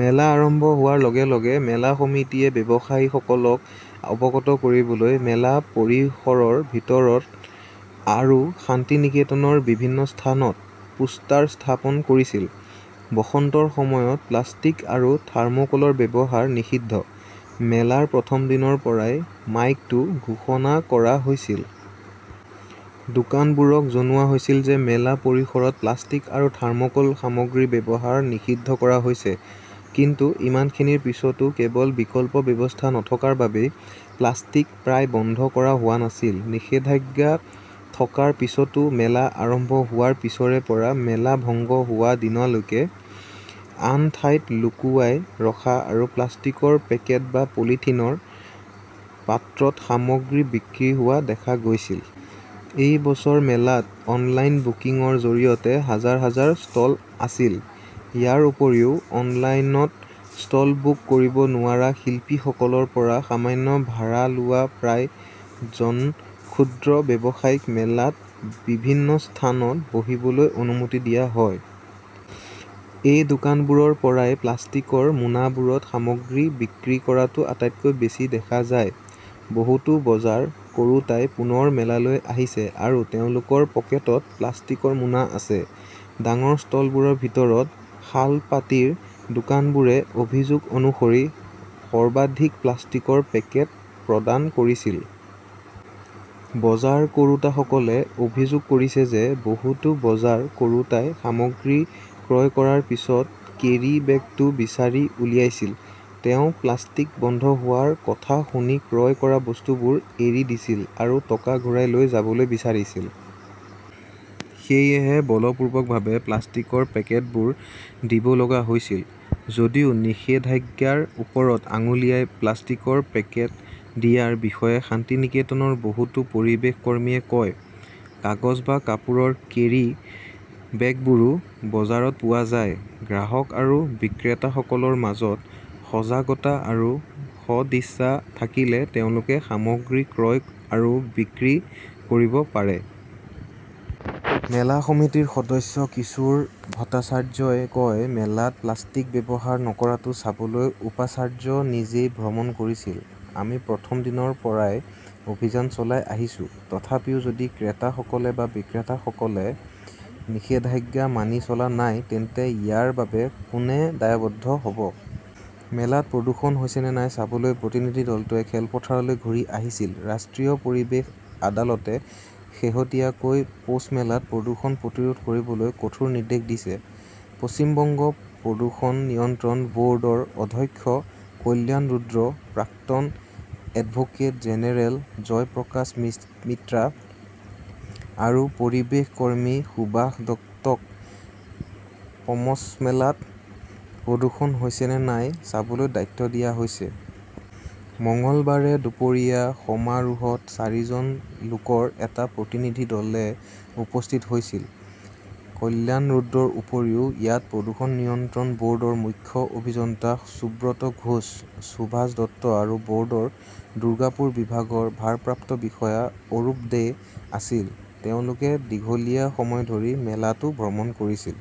মেলা আৰম্ভ হোৱাৰ লগে লগে মেলা সমিতিয়ে ব্যৱসায়ীসকলক অৱগত কৰিবলৈ মেলা পৰিসৰৰ ভিতৰত আৰু শান্তিনিকেতনৰ বিভিন্ন স্থানত পোষ্টাৰ স্থাপন কৰিছিল, 'বসন্তৰ সময়ত প্লাষ্টিক আৰু থাৰ্মকলৰ ব্যৱহাৰ নিষিদ্ধ। মেলাৰ প্ৰথম দিনৰ পৰাই মাইকটো ঘোষণা কৰা হৈছিল। দোকানবোৰক জনোৱা হৈছিল যে মেলা পৰিসৰত প্লাষ্টিক আৰু থাৰ্মকল সামগ্ৰীৰ ব্যৱহাৰ নিষিদ্ধ কৰা হৈছে। কিন্তু ইমানখিনিৰ পিছতো কেৱল বিকল্প ব্যৱস্থা নথকাৰ বাবেই প্লাষ্টিক প্ৰায় বন্ধ কৰা হোৱা নাছিল। নিষেধাজ্ঞা থকাৰ পিছতো মেলা আৰম্ভ হোৱাৰ পিছৰে পৰা মেলা ভংগ হোৱা দিনলৈকে আন ঠাইত লুকুৱাই ৰখা আৰু প্লাষ্টিকৰ পেকেট বা পলিথিনৰ পাত্ৰত সামগ্ৰী বিক্ৰী হোৱা দেখা গৈছিল। এই বছৰ মেলাত অনলাইন বুকিংৰ জৰিয়তে হাজাৰ হাজাৰ ষ্টল আছিল। ইয়াৰ উপৰিও, অনলাইনত ষ্টল বুক কৰিব নোৱাৰা শিল্পীসকলৰ পৰা সামান্য ভাড়া লোৱা প্ৰায় জন ক্ষুদ্ৰ ব্যৱসায়ীক মেলাত বিভিন্ন স্থানত বহিবলৈ অনুমতি দিয়া হয়। এই দোকানবোৰৰ পৰাই প্লাষ্টিকৰ মোনাবোৰত সামগ্ৰী বিক্ৰী কৰাটো আটাইতকৈ বেছি দেখা যায়। বহুতো বজাৰ কৰোঁতাই পুনৰ মেলালৈ আহিছে আৰু তেওঁলোকৰ পকেটত প্লাষ্টিকৰ মোনা আছে। ডাঙৰ ষ্টলবোৰৰ ভিতৰত শালপাটিৰ দোকানবোৰে অভিযোগ অনুসৰি সৰ্বাধিক প্লাষ্টিকৰ পেকেট প্ৰদান কৰিছিল। বজাৰ কৰোঁতাসকলে অভিযোগ কৰিছে যে বহুতো বজাৰ কৰোঁতাই সামগ্ৰী ক্ৰয় কৰাৰ পিছত কেৰী বেগটো বিচাৰি উলিয়াইছিল। তেওঁ প্লাষ্টিক বন্ধ হোৱাৰ কথা শুনি ক্ৰয় কৰা বস্তুবোৰ এৰি দিছিল আৰু টকা ঘূৰাই লৈ যাবলৈ বিচাৰিছিল। সেয়েহে বলপূৰ্বকভাৱে প্লাষ্টিকৰ পেকেটবোৰ দিব লগা হৈছিল। যদিও নিষেধাজ্ঞাৰ ওপৰত আঙুলিয়াই প্লাষ্টিকৰ পেকেট দিয়াৰ বিষয়ে শান্তিনিকেতনৰ বহুতো পৰিৱেশ কৰ্মীয়ে কয়, কাগজ বা কাপোৰৰ কেৰি বেগবোৰো বজাৰত পোৱা যায়। গ্ৰাহক আৰু বিক্ৰেতাসকলৰ মাজত সজাগতা আৰু সদিচ্ছা থাকিলে তেওঁলোকে সামগ্ৰী ক্ৰয় আৰু বিক্ৰী কৰিব পাৰে। মেলা সমিতিৰ সদস্য কিশোৰ ভট্টাচাৰ্যই কয়, মেলাত প্লাষ্টিক ব্যৱহাৰ নকৰাটো চাবলৈ উপাচাৰ্য নিজেই ভ্ৰমণ কৰিছিল। আমি প্ৰথম দিনৰ পৰাই অভিযান চলাই আহিছো। তথাপিও যদি ক্ৰেতাসকলে বা বিক্ৰেতাসকলে নিষেধাজ্ঞা মানি চলা নাই, তেন্তে ইয়াৰ বাবে কোনে দায়বদ্ধ হব? মেলাত প্ৰদূষণ হৈছে নে নাই চাবলৈ প্ৰতিনিধি দলটোৱে খেলপথাৰলৈ ঘূৰি আহিছিল ৰাষ্ট্ৰীয় পৰিৱেশ আদালতে শেহতীয়াকৈ পৌছমেলাত প্ৰদূষণ প্ৰতিৰোধ কৰিবলৈ কঠোৰ নিৰ্দেশ দিছে। পশ্চিম বংগ প্ৰদূষণ নিয়ন্ত্ৰণ ব "ৰ্ডৰ অধ্যক্ষ কল্যাণ ৰুদ্ৰ, প্ৰাক্তন এডভোকেট জেনেৰেল জয়প্ৰকাশ মিছ মিত্ৰা আৰু পৰিৱেশ কৰ্মী সুভাষ দত্তক পমছমেলাত প্ৰদূষণ হৈছে নে নাই চাবলৈ দায়িত্ব দিয়া হৈছে। মঙলবাৰে দুপৰীয়া সমাৰোহত চাৰিজন লোকৰ এটা প্ৰতিনিধি দলে উপস্থিত হৈছিল। কল্যাণ ৰুদ্ৰৰ উপৰিও ইয়াত প্ৰদূষণ নিয়ন্ত্ৰণ বৰ্ডৰ মুখ্য অভিযন্তা সুব্ৰত ঘোষ, সুভাষ দত্ত আৰু বৰ্ডৰ দুৰ্গাপুৰ বিভাগৰ ভাৰপ্ৰাপ্ত বিষয়া অৰূপ দে আছিল। তেওঁলোকে দীঘলীয়া সময় ধৰি মেলাটো ভ্ৰমণ কৰিছিল।